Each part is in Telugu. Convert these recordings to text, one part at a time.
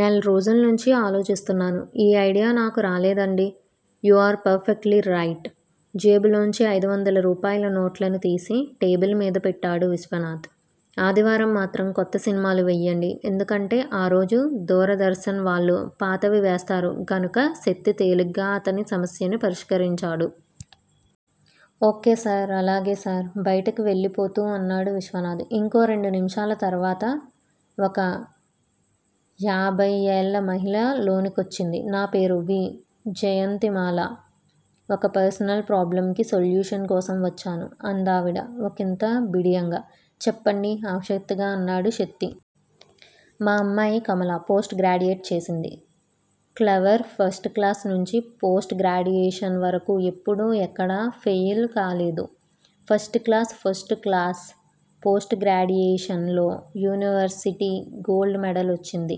నెల్రోజుల్నించీ ఆలోచిస్తున్నాను. ఈ ఐడియా నాకు రాలేదండి. You are perfectly right జేబులోంచి ఐదువందల రూపాయల నోట్లను తీసి టేబిల్ మీద పెట్టాడు విశ్వనాథ్. ఆదివారం మాత్రం కొత్త సినిమాలు వెయ్యండి- ఎందుకంటే ఆ రోజు దూరదర్శన్ వాళ్ళు పాతవి వేస్తారు గనుక శక్తి తేలిగ్గా అతని సమస్యని పరిష్కరించాడు. ఓ. కే. సార్ అలాగే సర్ బయటికి వెళ్ళిపోతూ అన్నాడు విశ్వనాథ్? ఇంకో రెండు నిమిషాల తర్వాత ఒక యాభయ్ ఏళ్ళ మహిళ లోనికొచ్చింది. నా పేరు వి. జయంతిమాల ఒక పర్సనల్ ప్రోబ్లమ్ కి సొల్యూషన్ కోసం వచ్చాను. అందావిడ ఒకింత బిడియంగా. చెప్పండి ఆసక్తిగా అన్నాడు శక్తి. మా అమ్మాయి కమల- పోస్టుగ్రాడ్యుయేట్ చేసింది. క్లవర్ ఫస్ట్ క్లాస్ నుంచి పోస్ట్ గ్రాడ్యుయేషన్ వరకూ ఎప్పుడూ ఎక్కడా ఫెయిల్ కాలేదు. ఫస్ట్ క్లాస్ ఫస్టుక్లాస్ పోస్టుగ్రాడ్యుయేషన్ లో యూనివర్శిటీ గోల్డ్ మెడల్ వచ్చింది.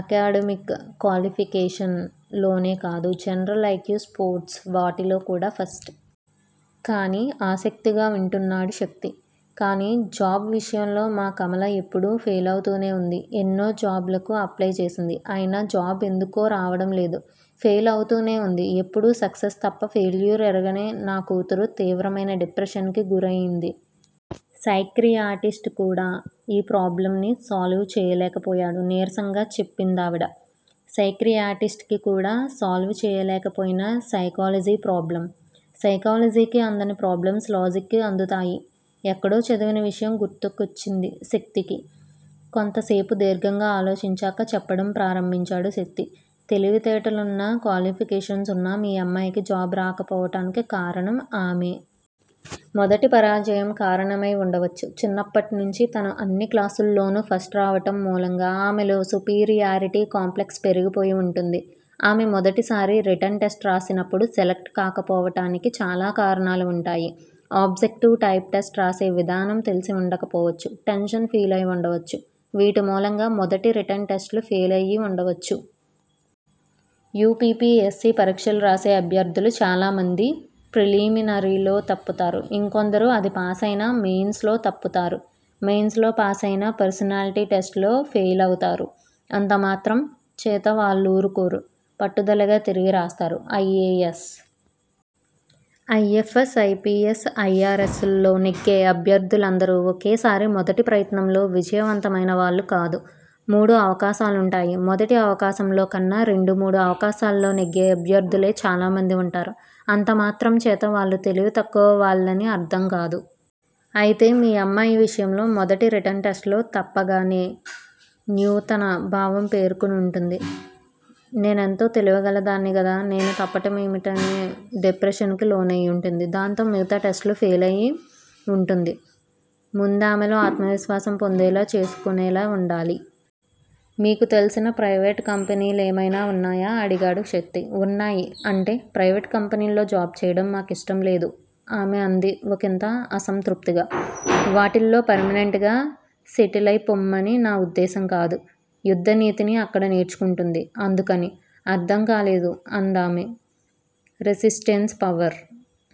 అకాడమిక్ క్వాలిఫికేషన్ లోనే కాదు. జనరల్ ఐక్యూ స్పోర్ట్స్ వాటిలో కూడా ఫస్ట్. కానీ ఆసక్తిగా వింటున్నాడు శక్తి. కానీ జాబ్ విషయంలో మా కమల ఎప్పుడూ ఫెయిలౌతూనే వుంది. ఎన్నో జాబ్ లకు అప్లయ్ చేసింది. అయినా జాబ్ ఎందుకో రావడం లేదు. ఫెయిల్ అవుతూనే వుంది. ఎపుడూ సక్సెస్ తప్ప ఫెయిల్యూర్ ఎరగని నా కూతురు తీవ్రమైన డిప్రెషన్ కి గురయింది. సైక్రియాటిస్ట్ కు కూడా ఈ ప్రాబ్లమ్ ని సాల్వ్ చెయ్యలేకపోయాడు నీరసంగా చెప్పిందావిడ. సైక్రియాటిస్ట్ కి కూడా సాల్వ్ చెయ్యలేకపోయిన సైకాలజీ ప్రోబ్లమ్? సైలకాలజీకి అందని ప్రోబ్లమ్స్, లాజిక్ కి అందుతాయి. ఎక్కడో చదివిన విషయం గుర్తుకొచ్చింది శక్తికి. కొంతసేపు దీర్ఘంగా ఆలోచించాక చెప్పడం ప్రారంభించాడు శక్తి- తెలివితేటలున్నా- క్వాలిఫికేషన్స్ ఉన్నా మీ అమ్మాయికి జాబ్ రాకపోవటానికి కారణం. ఆమె మొదటి పరాజయం కారణమయి వుండవచ్చు. చిన్నప్పటి నుంచి తను అన్ని క్లాసుల్లోనూ ఫస్ట్ రావటం మూలంగా ఆమెలో సుపీరియారిటీ కాంప్లెక్స్ పెరిగిపోయి ఉంటుంది. ఆమె మొదటిసారి రిటన్ టెస్ట్ రాసినప్పుడు సెలక్ట్ కాకపోవటానికి చాలా కారణాలు ఉంటాయి. ఆబ్జెక్టివ్ టైప్ టెస్ట్ రాసే విధానం తెలిసి ఉండకపోవచ్చు- టెన్షన్ ఫీలయి ఉండవచ్చు- వీటిమూలంగా మొదటి రిటన్ టెస్ట్ లు ఫెయిల్ అయి ఉండవచ్చు. U. P. P. S. C. పరీక్షలు రాసే అభ్యర్థులు చాలామంది ప్రిలిమినరీలో తప్పుతారు. ఇంకొందరు అది పాసయినా మెయిన్స్ లో తప్పుతారు. మెయిన్స్ లో పాసయినా పర్సనాలిటీ టెస్ట్ లో ఫెయిలవుతారు. అంతమాత్రం చేత వాళ్ళూరుకోరు. పట్టుదలగా తిరిగి రాస్తారు. I. A. S., I. F. S., I. P. S., I. R. S. ల్లో నెగ్గే అభ్యర్థులు అందరూ ఒకేసారి మొదటి ప్రయత్నంలో విజయవంతమైన వాళ్ళు కాదు. మూడు అవకాశాలుంటాయి. మొదటి అవకాశంలో కన్నా, రెండు, మూడు అవకాశాల్లో నెగ్గే అభ్యర్థులే చాలామంది ఉంటారు. అంత మాత్రం చేత వాళ్ళు తెలివి తక్కువవాళ్ళని అర్థం కాదు. అయితే మీ అమ్మాయి విషయంలో మొదటి రిటన్ టెస్ట్ లో తప్పగానే న్యూనతా భావం పేరుకుని ఉంటుంది. నేనెంతో తెలివిగలదాన్ని గదా? నేను తప్పటమేమిటనే డిప్రెషన్ కి లోనయి వుంటుంది. దాంతో మిగతా టెస్ట్ లు ఫెయిలయి ఉంటుంది. ముందామెలో ఆత్మవిశ్వాసం పొందేలా చేసుకొనేలా ఉండాలి. మీకు తెలిసిన ప్రయివేట్ కంపెనీలేమైనా ఉన్నాయా? అడిగాడు శక్తి. ఉన్నాయి. అంటే? ప్రైవేట్ కంపెనీల్లో జాబ్ చేయడం మా కిష్టం లేదు ఆమె అంది ఒకింత అసంతృప్తిగా. వాటిల్లో పర్మినెంట్ గా సెటిలైపొమ్మని నా ఉద్దేశం కాదు. యుద్ధనీతిని అక్కడ నేర్చుకుంటుంది. అందుకని. అర్థం కాలేదు అందామె. Resistance power